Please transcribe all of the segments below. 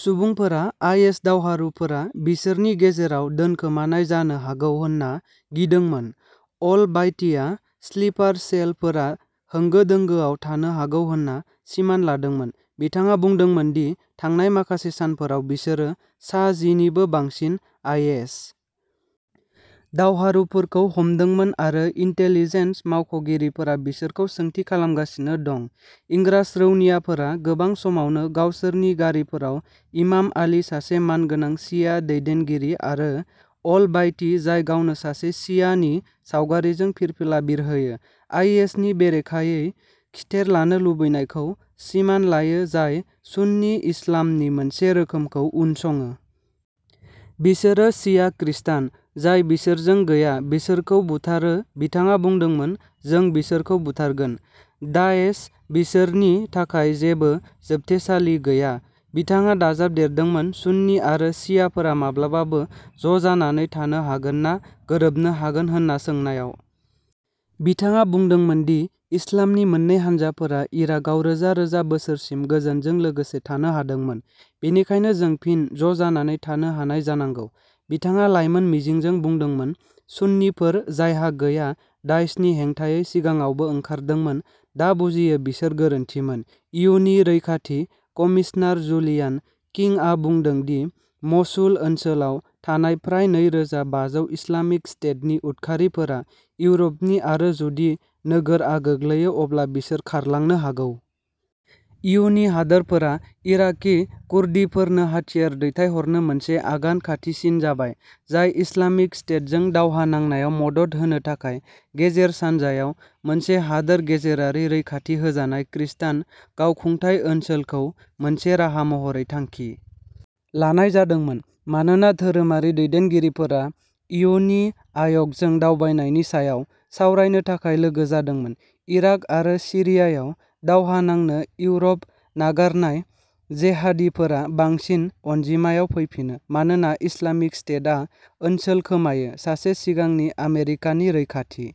सुबुंफोरा आइएस दावहारुफोरा बिसोरनि गेजेराव दोनखोमानाय जानो हागौ होन्ना गिदोंमोन अल-बायतिआ स्लिपार सेल फोरा होंगो दोंगोआव थानो हागौ होन्ना सिमान लादोंमोन बिथाङा बुंदोंमोन दि थांनाय माखासे सानफोराव बिसोर सा जि निबो बांसिन आइएस दावहारुफोरखौ हमदोंमोन आरो इन्टेलिजेन्स मावख'गिरिफोरा बिसोरखौ सोंथि खालामगासिनो दं इंरास रौनियाफोरा गोबां समावनो गावसोरनि गारिफोराव इमाम आलि सासे मानगोनां शिया दैदेनगिरि आरो अल बायती जाय गावनो सासे शिया नि सावगारिजों फिरफिला बिरहोयो आइएसनि बेरेखायै खिथेर लानो लुबैनायखौ सिमान लायो जाय सुन्नी इस्लामनि मोनसे रोखोमखौ उनसङो। बिसोरो शिया खृस्टान जाय बिसोरजों गैया बिसोरखौ बुथारो बिथाङा बुंदोंमोन जों बिसोरखौ बुथारगोन दाएस बिसोरनि थाखाय जेबो जोबथेसालि गैया बिथाङा दाजाबदेरदोंमोन सुन्नी आरो शियाफोरा माब्लाबाबो ज'जानानै थानो हागोन ना गोरोबनो हागोन होन्ना सोंनायाव बिथाङा बुंदोंमोन दि इस्लामनि मोन्नै हानजाफोरा इराकाव रोजा रोजा बोसोरसिम गोजोनजों लोगोसे थानो हादोंमोन बेनिखायनो जों फिन ज'जानानै थानो हानाय जानांगौ बिथाङा लाइमोन मिजिंजों बुंदोंमोन सुन्नीफोर जायहा गैया दाइशनि हेंथायै सिगाङावबो ओंखारदोंमोन दा बुजियो बिसोर गोरोन्थिमोन इयुनि रैखाथि कमिसनार जुलियान किंआ बुङो दि मसुल ओनसोलाव थानाय फ्राय नै रोजा बाजौ इस्लामिक स्टेटनि उदखारिफोरा इउर'पनि आरो जुदि नोगोरआ गोग्लैयो अब्ला बिसोर खारलांनो हागौ। इयुनि हादोरफोरा इराकी कुर्दिफोरनो हाथियार दैथायहरनो मोनसे आगान खाथिसिन जाबाय जाय इस्लामिक स्टेटजों दावहा नांनायाव मदद होनो थाखाय गेजेर सानजायाव मोनसे हादोर गेजेरारि रैखाथि होजानाय खृस्टान गावखुंथाय ओनसोल खौ मोनसे राहा महरै थांखि लानाय जादों मानोना धोरोमारि दैदेनगिरिफोरा इयुनि आय'गजों दावबायनायनि सायाव सावरायनो थाखाय लोगो जादोंमोन इराक आरो सिरियायाव दावहा नांनो इउर'प नागारनाय जेहादीफोरा बांसिन अनजिमायाव फैफिनो मानोना इस्लामिक स्टेटआ ओनसोल खोमायो सासे सिगांनि आमेरिकानि रैखाथि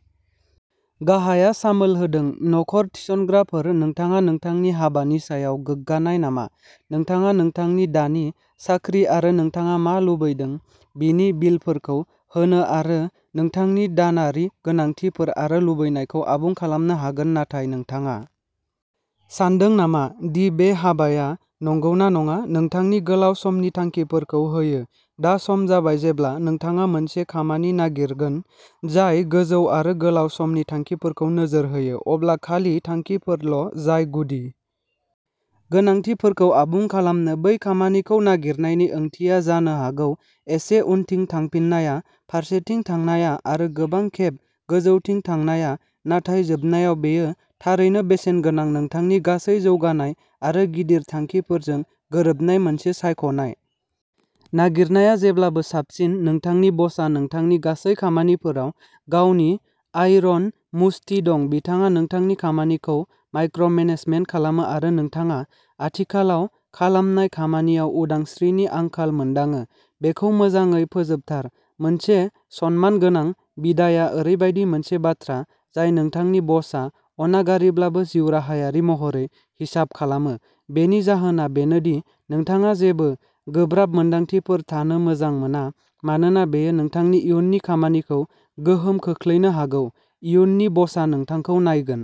गाहायआ सामोल होदों नखर थिसनग्राफोर नोंथाङा नोंथांनि हाबानि सायाव गोग्गानाय नामा नोंथाङा नोंथांनि दानि साख्रि आरो नोंथाङा मा लुबैदों बिनि बिलफोरखौ होनो आरो नोंथांनि दानारि गोनांथिफोर आरो लुबैनायखौ आबुं खालामनो हागोन नाथाय नोंथाङा सानदों नामा दि बे हाबाया नंगौना नङा नोंथांनि गोलाव समनि थांखिफोरखौ होयो दा सम जाबाय जेब्ला नोंथाङा मोनसे खामानि नागिरगोन जाय गोजौ आरो गोलाव समनि थांखिफोरखौ नोजोर होयो अब्ला खालि थांखिफोरल' जाय गुदि गोनांथिफोरखौ आबुं खालामो बै खामानिखौ नागिरनायनि ओंथिया जानो हागौ एसे उनथिं थांफिननाया फारसेथिं थांनाया आरो गोबां खेब गोजौथिं थांनाया नाथाय जोबनायाव बेयो थारैनो बेसेनगोनां नोंथांनि गासै जौगानाय आरो गिदिर थांखिफोरजों गोरोबनाय मोनसे सायख'नाय नागिरनाया जेब्लाबो साबसिन नोंथांनि बसआ नोंथांनि गासै खामानिफोराव गावनि आइर'न मुष्टि दं बिथाङा नोंथांनि खामानिखौ माइक्र'मेनेजमेन्ट खालामो आरो नोंथाङा आथिखालाव खालामनाय खामानियाव उदांस्रिनि आंखाल मोनदाङो बेखौ मोजाङै फोजोबथार मोनसे सनमानगोनां बिदाइआ ओरैबायदि मोनसे बाथ्रा जाय नोंथांनि बसआ अनागारिब्लाबो जिउराहायारि महरै हिसाब खालामो बेनि जाहोना बेनो दि नोंथाङा जेबो गोब्राब मोन्दांथिफोर थानो मोजां मोना मानोना बेयो नोंथांनि इयुननि खामानिखौ गोहोम खोख्लैनो हागौ इयुननि बसआ नोंथांखौ नायगोन।